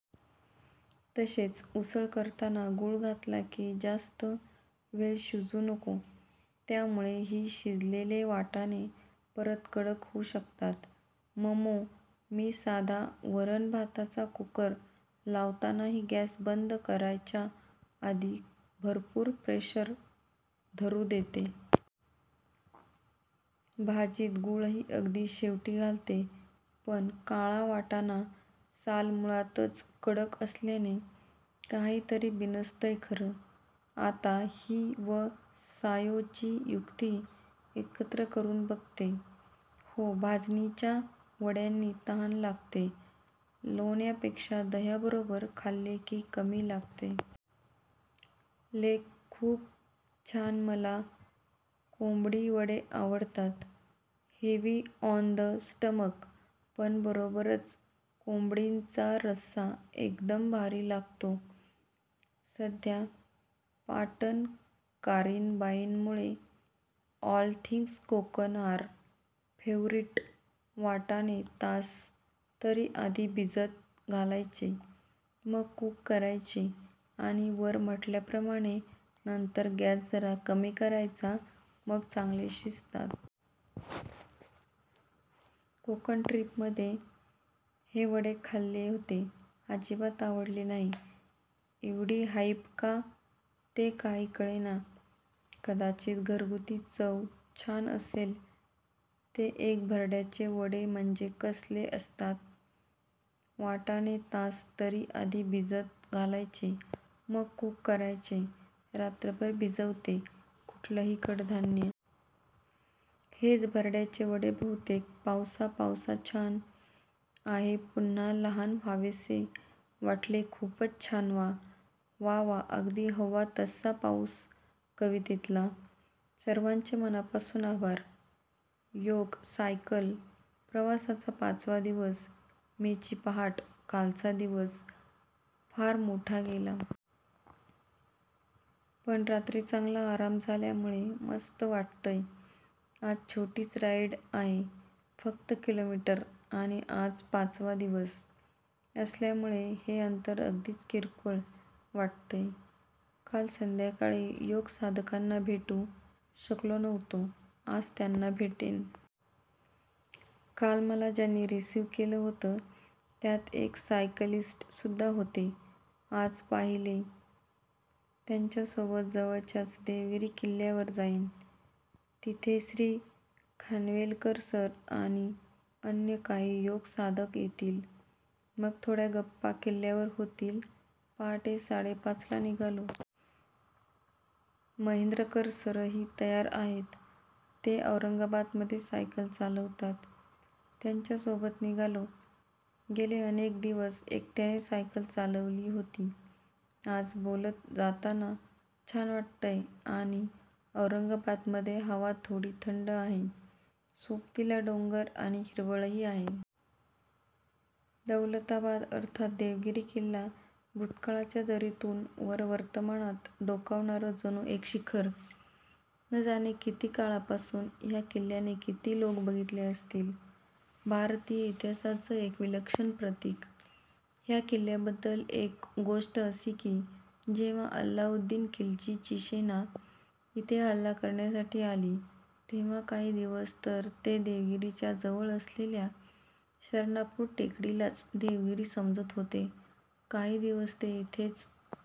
तसेच उसळ करताना गूळ घातला की जास्त वेळ शिजवू नको. त्यामुळे ही शिजलेले वाटाणे परत कडक होऊ शकतात. ममो, मी साधा वरण भाताचा कूकर लावतानाही गॅस बंद करायच्या आधी भरपूर प्रेशर धरू देते. भाजीत गूळही अगदी शेवटी घालते. पण काळा वाटाणा साल मुळातच कडक असल्याने काहितरी बिनसतंय खरं. आता ही व सायोची युक्ती एकत्र करून बघते. हो भाजणीच्या वड्यांनी तहान लागते. लोण्यापेक्षा दह्याबरोबर खाल्ले की कमी लागते. लेख खूप छान️मला कोम्ब्डी वडे आव डतात. हेवी ऑन द स्टमक पण बरोबरच कोंबडीचा रस्सा एकदम भारी लागतो. सध्या पाटण करीण बाईं मुळे all things Konkan are favourite. वाटाणे तास तरी आधी भिजत घालायचे मग कूक करायचे, आणि वर म्हटल्याप्रमाणे नंतर गॅस जरा कमी करायचा, मग चांगले शिजतात. कोकण ट्रिप मध्ये हॉटेलमध्ये हे वडे खाल्ले होते, अजिबात आवडले नाही. एवढी हाईप का ते काही कळेना! कदाचित घरगुती चव छान असेल. ते एक भरड्याचे वडे म्हणजे कसले असतात? वाटाणे तास तरी आधी भिजत घालायचे मग कूक करायचे रात्रभर भिजवते कुठलंही कडधान्य. हेच भरड्याचे वडे बहुतेक. पावसा पावसाछान आहेपुन्हा लहान व्हावेसे वाटलेखुपच छानवा वा वा अगदी हव्वा तस्सा पाऊस कवितेतला. सर्वांचे मनापासून आभार. योग- सायकल प्रवासाचा पाचवा दिवस, मे ची पहाट. कालचा दिवस फार मोठा गेला. पण रात्री चांगला आराम झाल्यामुळे मस्त वाटतंय. आज छोटीच राईड आहे- फक्त किलोमीटर. आणि आज पाचवा दिवस असल्यामुळे हे अंतर अगदीच किरकोळ वाटतंय. काल संध्याकाळी योग साधकांना भेटू शकलो नव्हतो. आज त्यांना भेटेन. काल मला ज्यांनी रिसीव्ह केलं होतं त्यात एक सायकलिस्टसुद्धा होते. आज पहिले त्यांच्यासोबत जवळच्याच देवगिरी किल्ल्यावर जाईन. तिथे श्री. खानवेलकर सर आणि अन्य काही योग साधक येतील व थोड्या गप्पा किल्ल्यावर होतील. पहाटे साडेपाचला निघालो. महेंद्रकर सरही तयार आहेत. ते औरंगाबादमध्ये सायकल चालवतात. त्यांच्यासोबत निघालो. गेले अनेक दिवस एकट्याने सायकल चालवली होती. आज बोलत जाताना छान वाटतंय. आणि औरंगाबादमध्ये हवा थोडी थंड आहे, सोबतीला डोंगर आणि हिरवळही आहे. दौलताबाद अर्थात् देवगिरी किल्ला! भूतकाळाच्या दरीतून वर वर्तमानात डोकावणारं जणू एक शिखर! न जाणे किती काळापासून ह्या किल्ल्याने किती लोक बघितले असतील! भारतीय इतिहासाचं एक विलक्षण प्रतिक! ह्या किल्ल्याबद्दल एक गोष्ट अशी की, जेव्हा अल्लाउद्दीन खिलजीची सेना इथे हल्ला करण्यासाठी आली, तेव्हा काही दिवस तर ते देवगिरीच्या जवळ असलेल्या शरणापूर टेकडीलाच देवगिरी समजत होते! काही दिवस ते इथेच